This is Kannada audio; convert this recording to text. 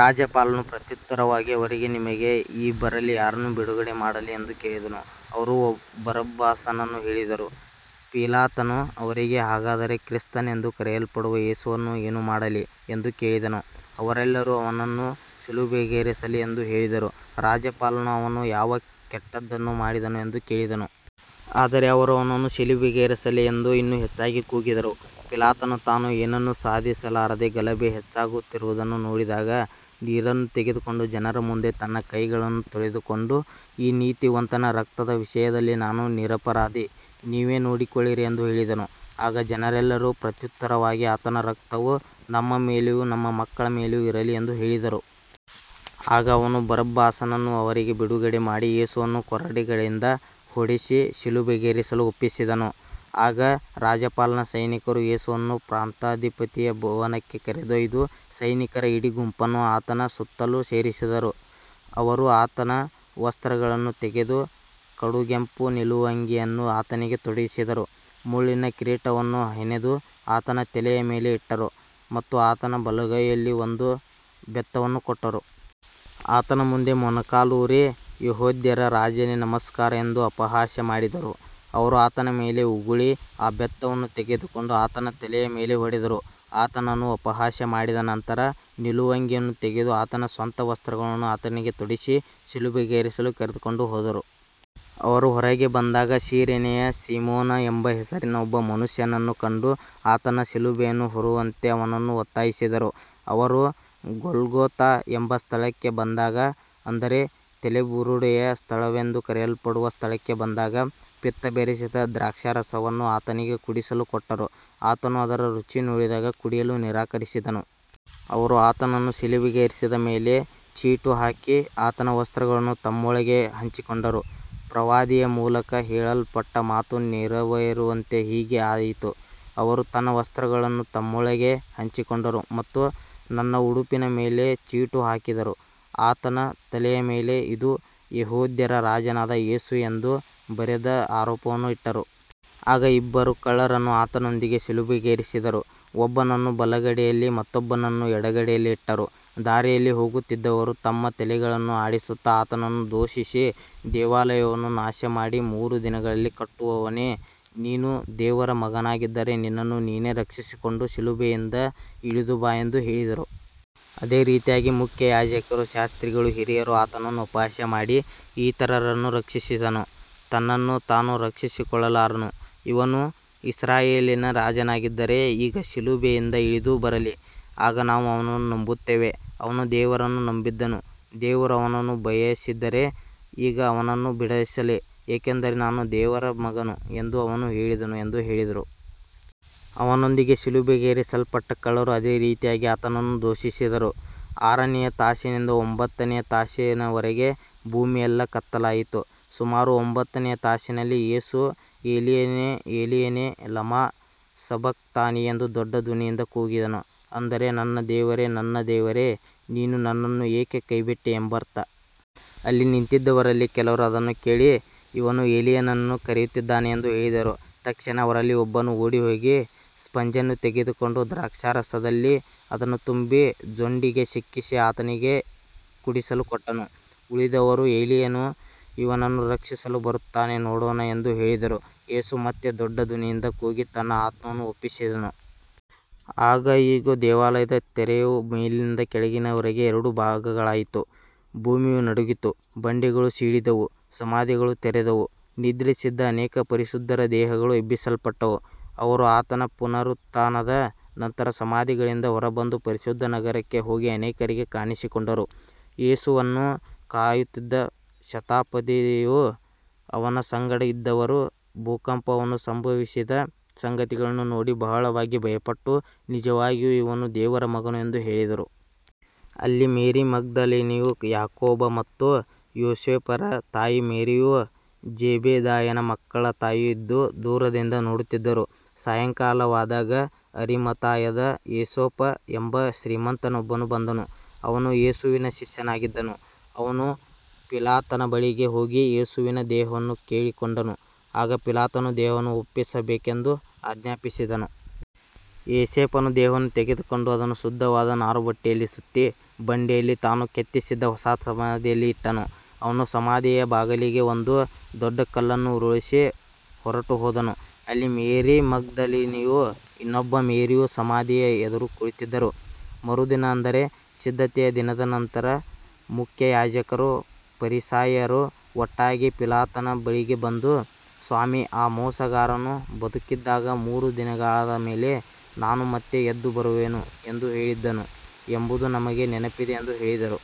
ರಾಜ್ಯಪಾಲನು ಪ್ರತ್ಯುತ್ತರವಾಗಿ ಅವರಿಗೆ, ನಿಮಗೆ ಈ ಇಬ್ಬರಲ್ಲಿ ಯಾರನ್ನು ಬಿಡುಗಡೆ ಮಾಡಲಿ ಎಂದು ಕೇಳಿದನು. ಅವರು ಬರಬ್ಬಾಸನನ್ನು ಹೇಳಿದರು. ಪಿಲಾತನು ಅವರಿಗೆ, ಹಾಗಾದರೆ ಕ್ರಿಸ್ತನೆಂದು ಕರೆಯಲ್ಪಡುವ ಯೇಸುವನ್ನು ಏನು ಮಾಡಲಿ ಎಂದು ಕೇಳಿದನು. ಅವರೆಲ್ಲರೂ, ಅವನನ್ನು ಶಿಲುಬೆಗೇರಿಸಲಿ ಎಂದು ಹೇಳಿದರು. ರಾಜ್ಯಪಾಲನು, ಅವನು ಯಾವ ಕೆಟ್ಟದ್ದನ್ನು ಮಾಡಿದನು ಎಂದು ಕೇಳಿದನು. ಆದರೆ ಅವರು, ಅವನನ್ನು ಶಿಲುಬೆಗೇರಿಸಲಿ ಎಂದು ಇನ್ನೂ ಹೆಚ್ಚಾಗಿ ಕೂಗಿದರು. ಪಿಲಾತನು ತಾನು ಏನನ್ನೂ ಸಾಧಿಸಲಾರದೆ ಗಲಭೆ ಹೆಚ್ಚಾಗುತ್ತಿರುವುದನ್ನು ನೋಡಿದಾಗ ನೀರನ್ನು ತೆಗೆದುಕೊಂಡು ಜನರ ಮುಂದೆ ತನ್ನ ಕೈಗಳನ್ನು ತೊಳೆದುಕೊಂಡು, ಈ ನೀತಿವಂತನ ರಕ್ತದ ವಿಷಯದಲ್ಲಿ ನಾನು ನಿರಪರಾಧಿ, ನೀವೇ ನೋಡಿಕೊಳ್ಳಿರಿ ಎಂದು ಹೇಳಿದನು. ಆಗ ಜನರೆಲ್ಲರೂ ಪ್ರತ್ಯುತ್ತರವಾಗಿ, ಆತನ ರಕ್ತವು ನಮ್ಮ ಮೇಲೆಯೂ ನಮ್ಮ ಮಕ್ಕಳ ಮೇಲೆಯೂ ಇರಲಿ ಎಂದು ಹೇಳಿದರು. ಆಗ ಅವನು ಬರಬ್ಬಾಸನನ್ನು ಅವರಿಗೆ ಬಿಡುಗಡೆಮಾಡಿ ಯೇಸುವನ್ನು ಕೊರಡೆಗಳಿಂದ ಹೊಡೆಸಿ ಶಿಲುಬೆಗೇರಿಸಲು ಒಪ್ಪಿಸಿದನು. ಆಗ ರಾಜ್ಯಪಾಲನ ಸೈನಿಕರು ಯೇಸುವನ್ನು ಪ್ರಾಂತಾಧಿಪತಿಯ ಭವನಕ್ಕೆ ಕರೆದೊಯ್ದು ಸೈನಿಕರ ಇಡೀ ಗುಂಪನ್ನು ಆತನ ಸುತ್ತಲೂ ಸೇರಿಸಿದರು. ಅವರು ಆತನ ವಸ್ತ್ರಗಳನ್ನು ತೆಗೆದು ಕಡುಗೆಂಪು ನಿಲುವಂಗಿಯನ್ನು ಆತನಿಗೆ ತೊಡಿಸಿದರು. ಮುಳ್ಳಿನ ಕಿರೀಟವನ್ನು ಹೆಣೆದು ಆತನ ತಲೆಯ ಮೇಲೆ ಇಟ್ಟರು ಮತ್ತು ಆತನ ಬಲಗೈಯಲ್ಲಿ ಒಂದು ಬೆತ್ತವನ್ನು ಕೊಟ್ಟರು. ಆತನ ಮುಂದೆ ಮೊಣಕಾಲೂರಿ, ಯೆಹೂದ್ಯರ ರಾಜನೇ, ನಮಸ್ಕಾರ ಎಂದು ಅಪಹಾಸ್ಯ ಮಾಡಿದರು. ಅವರು ಆತನ ಮೇಲೆ ಉಗುಳಿ ಆ ಬೆತ್ತವನ್ನು ತೆಗೆದುಕೊಂಡು ಆತನ ತಲೆಯ ಮೇಲೆ ಹೊಡೆದರು. ಆತನನ್ನು ಅಪಹಾಸ್ಯ ಮಾಡಿದ ನಂತರ ನಿಲುವಂಗಿಯನ್ನು ತೆಗೆದು ಆತನ ಸ್ವಂತ ವಸ್ತ್ರಗಳನ್ನು ಆತನಿಗೆ ತೊಡಿಸಿ, ಶಿಲುಬೆಗೇರಿಸಲು ಕರೆದುಕೊಂಡು ಹೋದರು. ಅವರು ಹೊರಗೆ ಬಂದಾಗ ಸಿರೇನೆಯ ಸೀಮೋನ ಎಂಬ ಹೆಸರಿನ ಒಬ್ಬ ಮನುಷ್ಯನನ್ನು ಕಂಡು, ಆತನ ಶಿಲುಬೆಯನ್ನು ಹೊರುವಂತೆ ಅವನನ್ನು ಒತ್ತಾಯಿಸಿದರು. ಅವರು ಗೊಲ್ಗೊಥಾ ಎಂಬ ಸ್ಥಳಕ್ಕೆ ಬಂದಾಗ, ಅಂದರೆ ತಲೆಬುರುಡೆಯ ಸ್ಥಳವೆಂದು ಕರೆಯಲ್ಪಡುವ ಸ್ಥಳಕ್ಕೆ ಬಂದಾಗ, ಪಿತ್ತ ಬೆರೆಸಿದ ದ್ರಾಕ್ಷಾರಸವನ್ನು ಆತನಿಗೆ ಕುಡಿಯಲು ಕೊಟ್ಟರು. ಆತನು ಅದರ ರುಚಿ ನೋಡಿದಾಗ ಕುಡಿಯಲು ನಿರಾಕರಿಸಿದನು. ಅವರು ಆತನನ್ನು ಶಿಲುಬೆಗೇರಿಸಿದ ಮೇಲೆ ಚೀಟು ಹಾಕಿ ಆತನ ವಸ್ತ್ರಗಳನ್ನು ತಮ್ಮೊಳಗೆ ಹಂಚಿಕೊಂಡರು. ಪ್ರವಾದಿಯ ಮೂಲಕ ಹೇಳಲ್ಪಟ್ಟ ಮಾತು ನೆರವೇರುವಂತೆ ಹೀಗೆ ಆಯಿತು, ಅವರು ನನ್ನ ವಸ್ತ್ರಗಳನ್ನು ತಮ್ಮೊಳಗೆ ಹಂಚಿಕೊಂಡರು ಮತ್ತು ನನ್ನ ಉಡುಪಿನ ಮೇಲೆ ಚೀಟು ಹಾಕಿದರು. ಆತನ ತಲೆಯ ಮೇಲೆ, ಇದು ಯೆಹೂದ್ಯರ ರಾಜನಾದ ಯೇಸು ಎಂದು ಬರೆದ ಆರೋಪವನ್ನು ಇಟ್ಟರು. ಆಗ ಇಬ್ಬರು ಕಳ್ಳರನ್ನು ಆತನೊಂದಿಗೆ ಶಿಲುಬೆಗೇರಿಸಿದರು, ಒಬ್ಬನನ್ನು ಬಲಗಡೆಯಲ್ಲಿ ಮತ್ತೊಬ್ಬನನ್ನು ಎಡಗಡೆಯಲ್ಲಿ ಇಟ್ಟರು. ದಾರಿಯಲ್ಲಿ ಹೋಗುತ್ತಿದ್ದವರು ತಮ್ಮ ತಲೆಗಳನ್ನು ಆಡಿಸುತ್ತಾ ಆತನನ್ನು ದೂಷಿಸಿ, ದೇವಾಲಯವನ್ನು ನಾಶಮಾಡಿ ಮೂರು ದಿನಗಳಲ್ಲಿ ಕಟ್ಟುವವನೇ, ನೀನು ದೇವರ ಮಗನಾಗಿದ್ದರೆ ನಿನ್ನನ್ನು ನೀನೇ ರಕ್ಷಿಸಿಕೊಂಡು ಶಿಲುಬೆಯಿಂದ ಇಳಿದು ಬಾ ಎಂದು ಹೇಳಿದರು. ಅದೇ ರೀತಿಯಾಗಿ ಮುಖ್ಯಯಾಜಕರೂ ಶಾಸ್ತ್ರಿಗಳೂ ಹಿರಿಯರೂ ಆತನನ್ನು ಅಪಹಾಸ್ಯ ಮಾಡಿ, ಇತರರನ್ನು ರಕ್ಷಿಸಿದನು, ತನ್ನನ್ನು ತಾನು ರಕ್ಷಿಸಿಕೊಳ್ಳಲಾರನು. ಇವನು ಇಸ್ರಾಯೇಲಿನ ರಾಜನಾಗಿದ್ದರೆ ಈಗ ಶಿಲುಬೆಯಿಂದ ಇಳಿದು ಬರಲಿ, ಆಗ ನಾವು ಅವನನ್ನು ನಂಬುತ್ತೇವೆ. ಅವನು ದೇವರನ್ನು ನಂಬಿದ್ದನು, ದೇವರು ಅವನನ್ನು ಬಯಸಿದ್ದರೆ ಈಗ ಅವನನ್ನು ಬಿಡಿಸಲಿ, ಏಕೆಂದರೆ ನಾನು ದೇವರ ಮಗನು ಎಂದು ಅವನು ಹೇಳಿದನು ಎಂದು ಹೇಳಿದರು. ಅವನೊಂದಿಗೆ ಶಿಲುಬೆಗೇರಿಸಲ್ಪಟ್ಟ ಕಳ್ಳರೂ ಅದೇ ರೀತಿಯಾಗಿ ಆತನನ್ನು ದೂಷಿಸಿದರು. ಆರನೆಯ ತಾಸಿನಿಂದ ಒಂಬತ್ತನೆಯ ತಾಸಿನವರೆಗೆ ಭೂಮಿಯೆಲ್ಲಾ ಕತ್ತಲಾಯಿತು. ಸುಮಾರು ಒಂಬತ್ತನೆಯ ತಾಸಿನಲ್ಲಿ ಯೇಸು, ಏಲೀಯನೇ, ಏಲೀಯನೇ, ಲಮಾ ಸಬಕ್ತಾನಿ ಎಂದು ದೊಡ್ಡ ಧ್ವನಿಯಿಂದ ಕೂಗಿದನು, ಅಂದರೆ ನನ್ನ ದೇವರೇ, ನನ್ನ ದೇವರೇ, ನೀನು ನನ್ನನ್ನು ಏಕೆ ಕೈಬಿಟ್ಟೆ ಎಂಬರ್ಥ. ಅಲ್ಲಿ ನಿಂತಿದ್ದವರಲ್ಲಿ ಕೆಲವರು ಅದನ್ನು ಕೇಳಿ, ಇವನು ಏಲೀಯನನ್ನು ಕರೆಯುತ್ತಿದ್ದಾನೆ ಎಂದು ಹೇಳಿದರು. ತಕ್ಷಣ ಅವರಲ್ಲಿ ಒಬ್ಬನು ಓಡಿಹೋಗಿ ಸ್ಪಂಜನ್ನು ತೆಗೆದುಕೊಂಡು ದ್ರಾಕ್ಷಾರಸದಲ್ಲಿ ಅದನ್ನು ತುಂಬಿ ಜೊಂಡಿಗೆ ಸಿಕ್ಕಿಸಿ ಆತನಿಗೆ ಕುಡಿಯಲು ಕೊಟ್ಟನು. ಉಳಿದವರು, ಏಲೀಯನು ಇವನನ್ನು ರಕ್ಷಿಸಲು ಬರುತ್ತಾನೋ ನೋಡೋಣ ಎಂದು ಹೇಳಿದರು. ಯೇಸು ಮತ್ತೆ ದೊಡ್ಡ ಧ್ವನಿಯಿಂದ ಕೂಗಿ ತನ್ನ ಆತ್ಮವನ್ನು ಒಪ್ಪಿಸಿದನು. ಆಗ ಇಗೋ, ದೇವಾಲಯದ ತೆರೆಯು ಮೇಲಿನಿಂದ ಕೆಳಗಿನವರೆಗೆ ಎರಡು ಭಾಗಗಳಾಯಿತು, ಭೂಮಿಯು ನಡುಗಿತು, ಬಂಡೆಗಳು ಸೀಳಿದವು, ಸಮಾಧಿಗಳು ತೆರೆದವು. ನಿದ್ರಿಸಿದ್ದ ಅನೇಕ ಪರಿಶುದ್ಧರ ದೇಹಗಳು ಎಬ್ಬಿಸಲ್ಪಟ್ಟವು. ಅವರು ಆತನ ಪುನರುತ್ಥಾನದ ನಂತರ ಸಮಾಧಿಗಳಿಂದ ಹೊರಬಂದು ಪರಿಶುದ್ಧ ನಗರಕ್ಕೆ ಹೋಗಿ ಅನೇಕರಿಗೆ ಕಾಣಿಸಿಕೊಂಡರು. ಯೇಸುವನ್ನು ಕಾಯುತ್ತಿದ್ದ ಶತಾಧಿಪತಿಯೂ ಅವನ ಸಂಗಡ ಇದ್ದವರೂ ಭೂಕಂಪವನ್ನೂ ಸಂಭವಿಸಿದ ಸಂಗತಿಗಳನ್ನೂ ನೋಡಿ ಬಹಳವಾಗಿ ಭಯಪಟ್ಟು, ನಿಜವಾಗಿಯೂ ಇವನು ದೇವರ ಮಗನು ಎಂದು ಹೇಳಿದರು. ಅಲ್ಲಿ ಮೇರಿ ಮಗ್ದಲಿನಿಯೂ, ಯಾಕೋಬ ಮತ್ತು ಯೋಸೇಫರ ತಾಯಿ ಮೇರಿಯೂ, ಜೆಬೆದಾಯನ ಮಕ್ಕಳ ತಾಯಿಯೂ ಇದ್ದು ದೂರದಿಂದ ನೋಡುತ್ತಿದ್ದರು. ಸಾಯಂಕಾಲವಾದಾಗ ಅರಿಮಥಾಯದ ಯೋಸೇಫ ಎಂಬ ಶ್ರೀಮಂತನೊಬ್ಬನು ಬಂದನು, ಅವನೂ ಯೇಸುವಿನ ಶಿಷ್ಯನಾಗಿದ್ದನು. ಅವನು ಪಿಲಾತನ ಬಳಿಗೆ ಹೋಗಿ ಯೇಸುವಿನ ದೇಹವನ್ನು ಕೇಳಿಕೊಂಡನು. ಆಗ ಪಿಲಾತನು ದೇಹವನ್ನು ಒಪ್ಪಿಸಬೇಕೆಂದು ಆಜ್ಞಾಪಿಸಿದನು. ಯೋಸೇಫನು ದೇಹವನ್ನು ತೆಗೆದುಕೊಂಡು ಅದನ್ನು ಶುದ್ಧವಾದ ನಾರುಬಟ್ಟೆಯಲ್ಲಿ ಸುತ್ತಿ, ಬಂಡೆಯಲ್ಲಿ ತಾನು ಕೆತ್ತಿಸಿದ್ದ ಹೊಸ ಸಮಾಧಿಯಲ್ಲಿ ಇಟ್ಟನು. ಅವನು ಸಮಾಧಿಯ ಬಾಗಿಲಿಗೆ ಒಂದು ದೊಡ್ಡ ಕಲ್ಲನ್ನು ಉರುಳಿಸಿ ಹೊರಟುಹೋದನು. ಅಲ್ಲಿ ಮೇರಿ ಮಗ್ದಲಿನಿಯೂ ಇನ್ನೊಬ್ಬ ಮೇರಿಯೂ ಸಮಾಧಿಯ ಎದುರು ಕುಳಿತಿದ್ದರು. ಮರುದಿನ, ಅಂದರೆ ಸಿದ್ಧತೆಯ ದಿನದ ನಂತರ, ಮುಖ್ಯಯಾಜಕರೂ ಫರಿಸಾಯರೂ ಒಟ್ಟಾಗಿ ಪಿಲಾತನ ಬಳಿಗೆ ಬಂದು, ಸ್ವಾಮಿ, ಆ ಮೋಸಗಾರನು ಬದುಕಿದ್ದಾಗ, ಮೂರು ದಿನಗಳಾದ ಮೇಲೆ ನಾನು ಮತ್ತೆ ಎದ್ದುಬರುವೆನು ಎಂದು ಹೇಳಿದ್ದನು ಎಂಬುದು ನಮಗೆ ನೆನಪಿದೆ ಎಂದು ಹೇಳಿದರು.